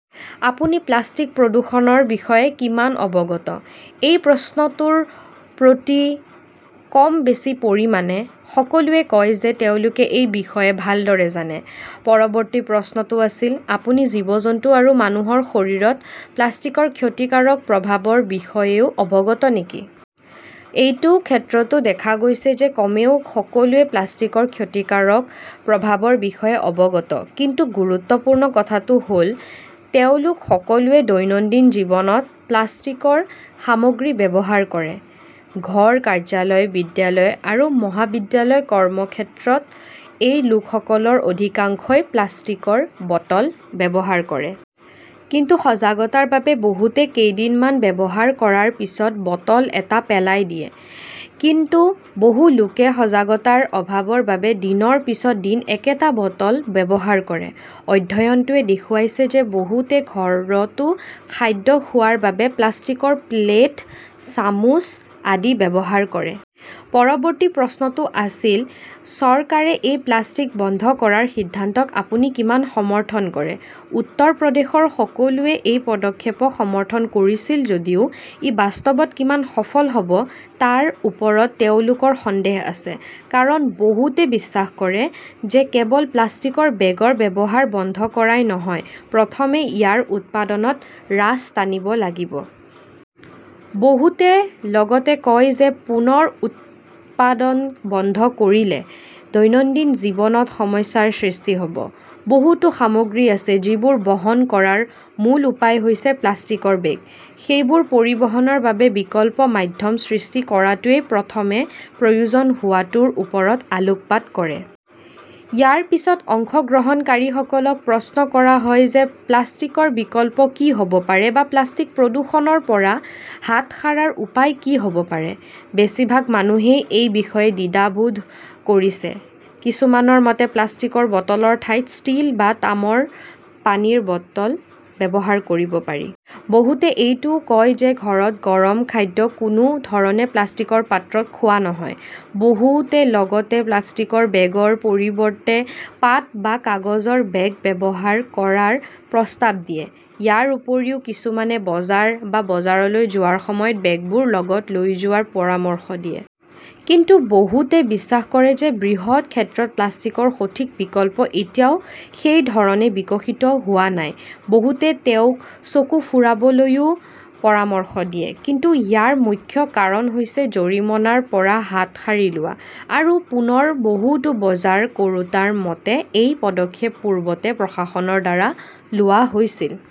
আপুনি প্লাষ্টিক প্ৰদূষণৰ বিষয়ে কিমান অৱগত? এই প্ৰশ্নটোৰ প্ৰতি কম বেছি পৰিমাণে সকলোৱে কয় যে তেওঁলোকে এই বিষয়ে ভালদৰে জানে। পৰৱৰ্তী প্ৰশ্নটো আছিল, আপুনি জীৱ-জন্তু আৰু মানুহৰ শৰীৰত প্লাষ্টিকৰ ক্ষতিকাৰক প্ৰভাৱৰ বিষয়েও অৱগত নেকি? এই ক্ষেত্ৰতো দেখা গৈছে যে কমেও সকলোৱে প্লাষ্টিকৰ ক্ষতিকাৰক প্ৰভাৱৰ বিষয়ে অৱগত। কিন্তু গুৰুত্বপূৰ্ণ কথাটো হ 'ল, তেওঁলোক সকলোৱে দৈনন্দিন জীৱনত প্লাষ্টিকৰ সামগ্ৰী ব্যৱহাৰ কৰে। ঘৰ, কাৰ্যলয়, বিদ্যালয় আৰু মহাবিদ্যালয়, কৰ্মক্ষেত্ৰত এই লোকসকলৰ অধিকাংশই প্লাষ্টিকৰ বটল ব্যৱহাৰ কৰে। কিন্তু সজাগতাৰ বাবে বহুতে কেইদিনমান ব্যৱহাৰ কৰাৰ পিছত বটল এটা পেলাই দিয়ে। কিন্তু বহু লোকে সজাগতাৰ অভাৱৰ বাবে দিনৰ পিছত দিন একেটা বটল ব্যৱহাৰ কৰে। অধ্যয়নটোৱে দেখুৱাইছে যে বহুতে ঘৰতো খাদ্য খোৱাৰ বাবে প্লাষ্টিকৰ প্লেট, চামুচ আদি ব্যৱহাৰ কৰে। পৰৱৰ্তী প্ৰশ্নটো আছিল, চৰকাৰে এই প্লাষ্টিক বন্ধ কৰাৰ সিদ্ধান্তক আপুনি কিমান সমৰ্থন কৰে? উত্তৰ প্ৰদেশৰ সকলোৱে এই পদক্ষেপক সমৰ্থন কৰিছিল যদিও ই বাস্তৱত কিমান সফল হব তাৰ ওপৰত তেওঁলোকৰ সন্দেহ আছে। কাৰণ, বহুতে বিশ্বাস কৰে যে কেৱল প্লাষ্টিকৰ বেগৰ ব্যৱহাৰ বন্ধ কৰাই নহয়, প্ৰথমে ইয়াৰ উৎপাদনত ৰাছ টানিব লাগিব। বহুতে লগতে কয় যে পুনৰ উৎপাদন বন্ধ কৰিলে দৈনন্দিন জীৱনত সমস্যাৰ সৃষ্টি হব। বহুতো সামগ্ৰী আছে যিবোৰ বহন কৰাৰ মূল উপায় হৈছে প্লাষ্টিকৰ বেগ। সেইবোৰ পৰিবহণৰ বাবে বিকল্প মাধ্যম সৃষ্টি কৰাটোৱেই প্ৰথমে প্ৰয়োজন হোৱাটোৰ ওপৰত আলোকপাত কৰে। ইয়াৰ পিছত অংশগ্ৰহণকাৰীসকলক প্ৰশ্ন কৰা হয় যে প্লাষ্টিকৰ বিকল্প কি হ 'ব পাৰে বা প্লাষ্টিক প্ৰদূষণৰ পৰা হাত সাৰাৰ উপায় কি হ' ব পাৰে, বেছিভাগ মানুহেই এই বিষয়ে দ্বিধাবোধ কৰিছে। কিছুমানৰ মতে, প্লাষ্টিকৰ বটলৰ ঠাইত ষ্টীল বা তামৰ পানীৰ বটল ব্যৱহাৰ কৰিব পাৰি। বহুতে এইটোও কয় যে ঘৰত গৰম খাদ্য কোনো ধৰণে প্লাষ্টিকৰ পাত্ৰত খোৱা নহয়। বহুতে লগতে প্লাষ্টিকৰ বেগৰ পৰিৱৰ্তে পাট বা কাগজৰ বেগ ব্যৱহাৰ কৰাৰ প্ৰস্তাৱ দিয়ে। ইয়াৰ উপৰিও, কিছুমানে বজাৰ বা বজাৰলৈ যোৱাৰ সময়ত বেগবোৰ লগত লৈ যোৱাৰ পৰামৰ্শ দিয়ে। কিন্তু বহুতে বিশ্বাস কৰে যে বৃহৎ ক্ষেত্ৰত প্লাষ্টিকৰ সঠিক বিকল্প এতিয়াও সেই ধৰণে বিকশিত হোৱা নাই। বহুতে তেওঁক চকু ফুৰাবলৈও পৰামৰ্শ দিয়ে। কিন্তু ইয়াৰ মুখ্য কাৰণ হৈছে জৰিমনাৰ পৰা হাত সাৰি লোৱা। আৰু পুনৰ, বহুতো বজাৰ কৰোঁতাৰ মতে, এনে পদক্ষেপ পূৰ্বতে প্ৰশাসনৰ দ্বাৰা লোৱা হৈছিল।